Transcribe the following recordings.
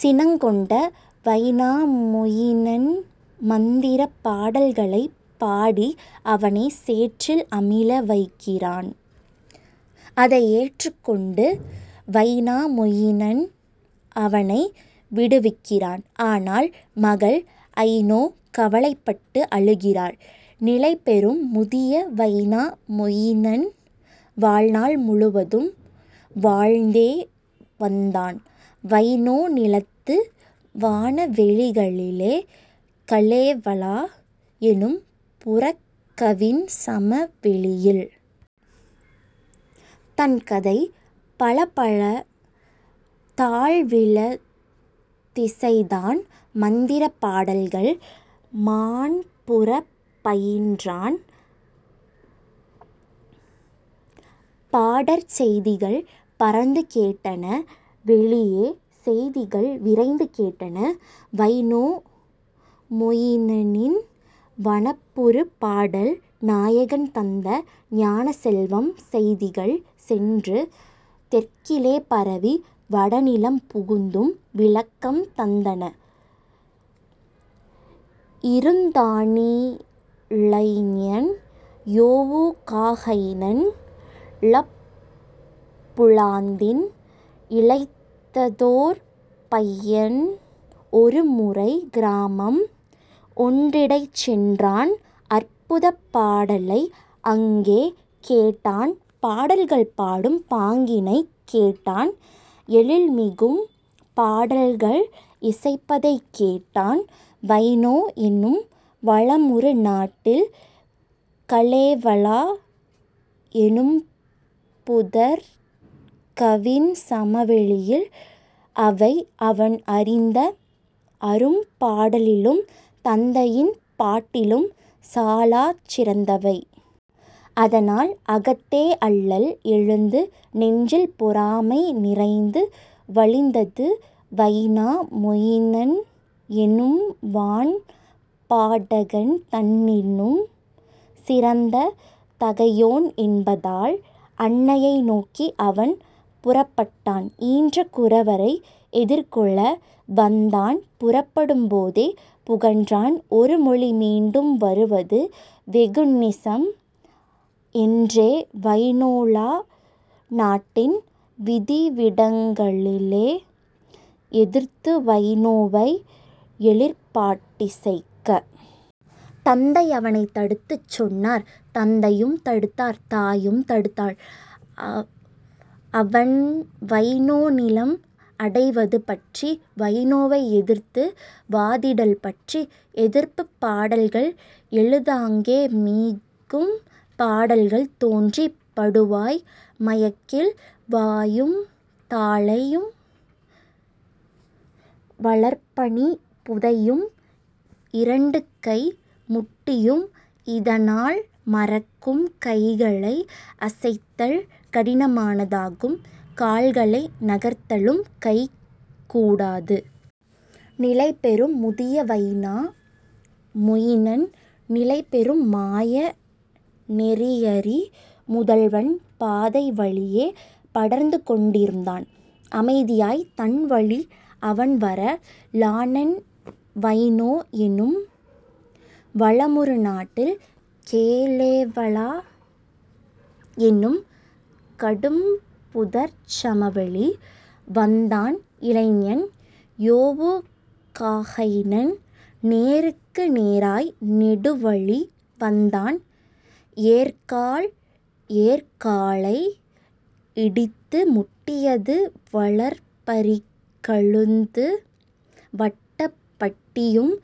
சினங் கொண்ட வைனாமொயினன் மந்திரப் பாடல்களைப் பாடி அவனைச் சேற்றில் அமிழ வைக்கிறான். அதை ஏற்றுக்கொண்டு வைனாமொயினன் அவனை விடுவிக்கிறான். ஆனால் மகள் ஐனோ கவலைப்பட்டு அழுகிறாள். நிலைபெறும் முதிய வைனா மொயினன் வாழ்நாள் முழுதும் வாழ்ந்தே வந்தான் வைனோ நிலத்து வனவெளிகளிலே கலேவலா எனும்புதர்க் கவின்சம வெளியில். தன்கதை பலப்பல தாழ்விலாதிசைத்தான் மந்திரப் பாடல்கள் மாண்புறப் பயின்றான். பாடற் செய்திகள் பரந்து கேட்டன வெளியே செய்திகள் விரைந்து கேட்டன வைனா மொயினனின் வனப்புறு பாடல் நாயகன் தந்த ஞானச் செல்வம் செய்திகள் சென்று தெற்கிலே பரவி வடநிலம் புகுந்தும் விளக்கம் தந்தன. இருந்தானிளைஞன் யொவுகாஹைனன் லாப்புலாந்தின் இளைத்ததோர் பையன் ஒருமுறை கிராமம் ஒன்றிடைச் சென்றான் அற்புதப் பாடலை அங்கே கேட்டான் பாடல்கள் பாடும் பாங்கினைக் கேட்டான் எழில்மிகும் பாடல்கள் இசைப்பதைக் கேட்டான் வைனோ என்னும் வளமுறு நாட்டில் கலேவலா எனும்புதர்க் கவின்சம வெளியில் அவைஅவன் அறிந்த அரும்பாடலிலும் தந்தையின் பாட்டிலும் சாலச் சிறந்தவை. அதனால் அகத்தே அல்லல் எழுந்து நெஞ்சில் பொறாமை நிறைந்து வழிந்தது வைனா மொயினன் எனும்வான் பாடகன் தன்னிலும் சிறந்த தகையோன் என்பதால்; அன்னையை நோக்கி அவன் புறப்பட்டான் ஈன்ற குரவரை எதிர்கொள வந்தான் புறப்படும் போதே புகன்றான் ஒருமொழி மீண்டும் வருவது வெகுநிசம் என்றே வைனோலா நாட்டின் வதிவிடங்களிலே எதிர்த்துவைனோவை எழிற்பாட்டிசைக்க. தந்தை அவனைத் தடுத்துச் சொன்னார் தந்தையும் தடுத்தார் தாயும் தடுத்தாள் அவன்வைனோநிலம் அடைவது பற்றி வைனோவை எதிர்த்து வாதிடல் பற்றி; எதிர்ப்புப் பாடல்கள் எழுந்தாங்கே மிகும் பாடல்கள் தோன்றிப் படுவாய் மயக்கில் வாயும் தலையும் வளர்பனிப் புதையும் இரண்டுகை முட்டியும் இதனால் மரக்கும் கைகளை அசைத்தல் கடினமதாகும் கால்களை நகர்த்தலும் கைகூடாது. நிலைபெறும் முதிய வைனா மொயினன் நிலைபெறும் மாய நெறியறி முதல்வன் பாதை வழியே படர்ந்துகொண்டிருந்தான் அமைதியாய்த் தன்வழி அவன்வர லானான் வைனோ என்னும் வளமுறு நாட்டில் கலேவலா என்னும் கடும்புதர்ச் சமவெளி. வந்தான் இளைஞன் யொவுகாஹைனன் நேருக்கு நேராய் நெடுவழி வந்தான் ஏர்க்கால் ஏர்க்காலை இடித்துமுட்டியது வளர்பரிக் கழுத்து வட்டப் பட்டியும்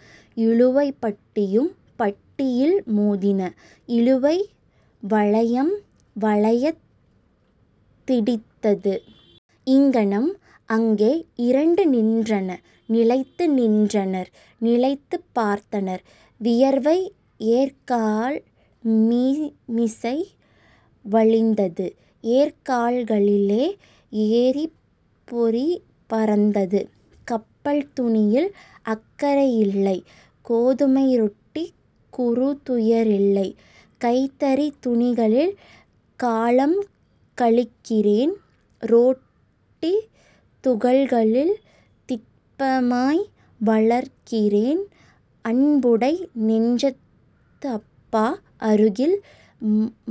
இழுவைப் பட்டியும் பட்டியில் மோதின இழுவை வளையம் வளையத் திடித்தது. இங்ஙனம் ஆங்கே இரண்டும் நின்றன நிலைத்து நின்றனர் நினைத்துப் பார்த்தனர் வியர்வை ஏர்க்கால் மீமிசை வழிந்தது ஏர்க்கால்களிலே எரிப்பொறி பறந்தது. கப்பல் துணியில் அக்கறை இல்லை கோதுமை ரொட்டிக் குறுதுயரில்லை கைத்தறித் துணிகளில் காலம்கழிக்கிறேன் ரொட்டித் துகள்களில் திட்பமாய் வளர்கிறேன் அன்புடை நெஞ்சத் அப்பா அருகில்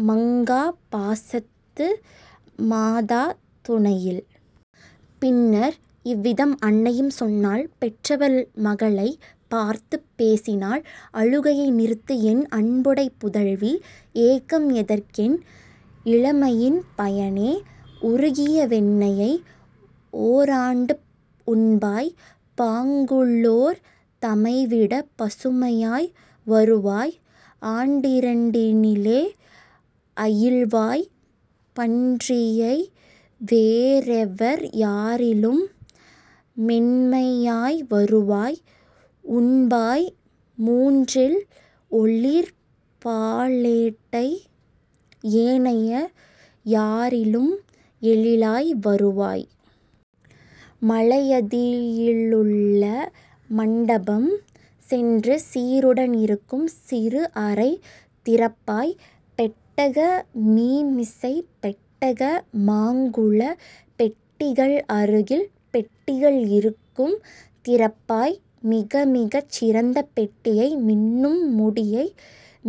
மங்காப் பாசத்து மாதா துணையில். பின்னர் இவ்விதம் அன்னையும் சொன்னாள் பெற்றவள் மகளைப் பார்த்துப் பேசினாள்: அழுகையை நிறுத்துஎன் அன்புடைப் புதல்வி! ஏக்கம் எதற்கென் இளமையின் பயனே! உருகிய வெண்ணையை ஓராண்டுண்பாய் பாங்குளோர் தமைவிடப் பசுமையாய் வருவாய் ஆண்டிரண்டினிலே அயில்வாய் பன்றியை வேறெவர் யாரிலும் மென்மையாய் வருவாய் உண்பாய் மூன்றில் ஒளிர்பாலேட்டை ஏனைய யாரிலும் எழிலாய் வருவாய். மலையதியிலுள்ள மண்டபம் சென்று சீருடன் இருக்கும் சிறுஅறை திறப்பாய் பெட்டக மீமிசை பெட்டக மாங்குள பெட்டிகள் அருகில் பெட்டிகள் இருக்கும் திறப்பாய் மிகமிகச் சிறந்த பெட்டியை மின்னும் முடியை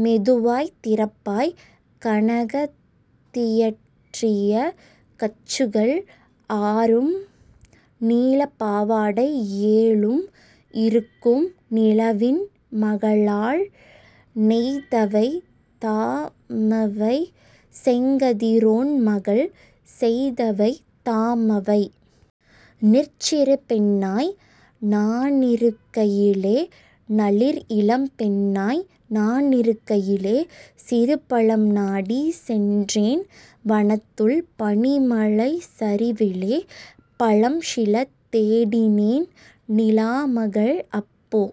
மெதுவாய்த் திறப்பாய் கனகத்தியற்றிய கச்சுகள் ஆறும் நீலப்பாவாடை ஏழும் இருக்கும் நிலவின் மகளால் நெய்தவை தாமவை செங்கதிரோன்மகள் செய்தவை தாமவை. நற்சிறு பெண்ணாய் நானிருக்கையிலே நளிர்இளம் பெண்ணாய் நானிருக்கையிலே சிறுபழம் நாடிச் சென்றேன் வனத்துள் பனிமலைச்சரிவிலே பழம்சில தேடினேன் நிலாமகள் அப்போ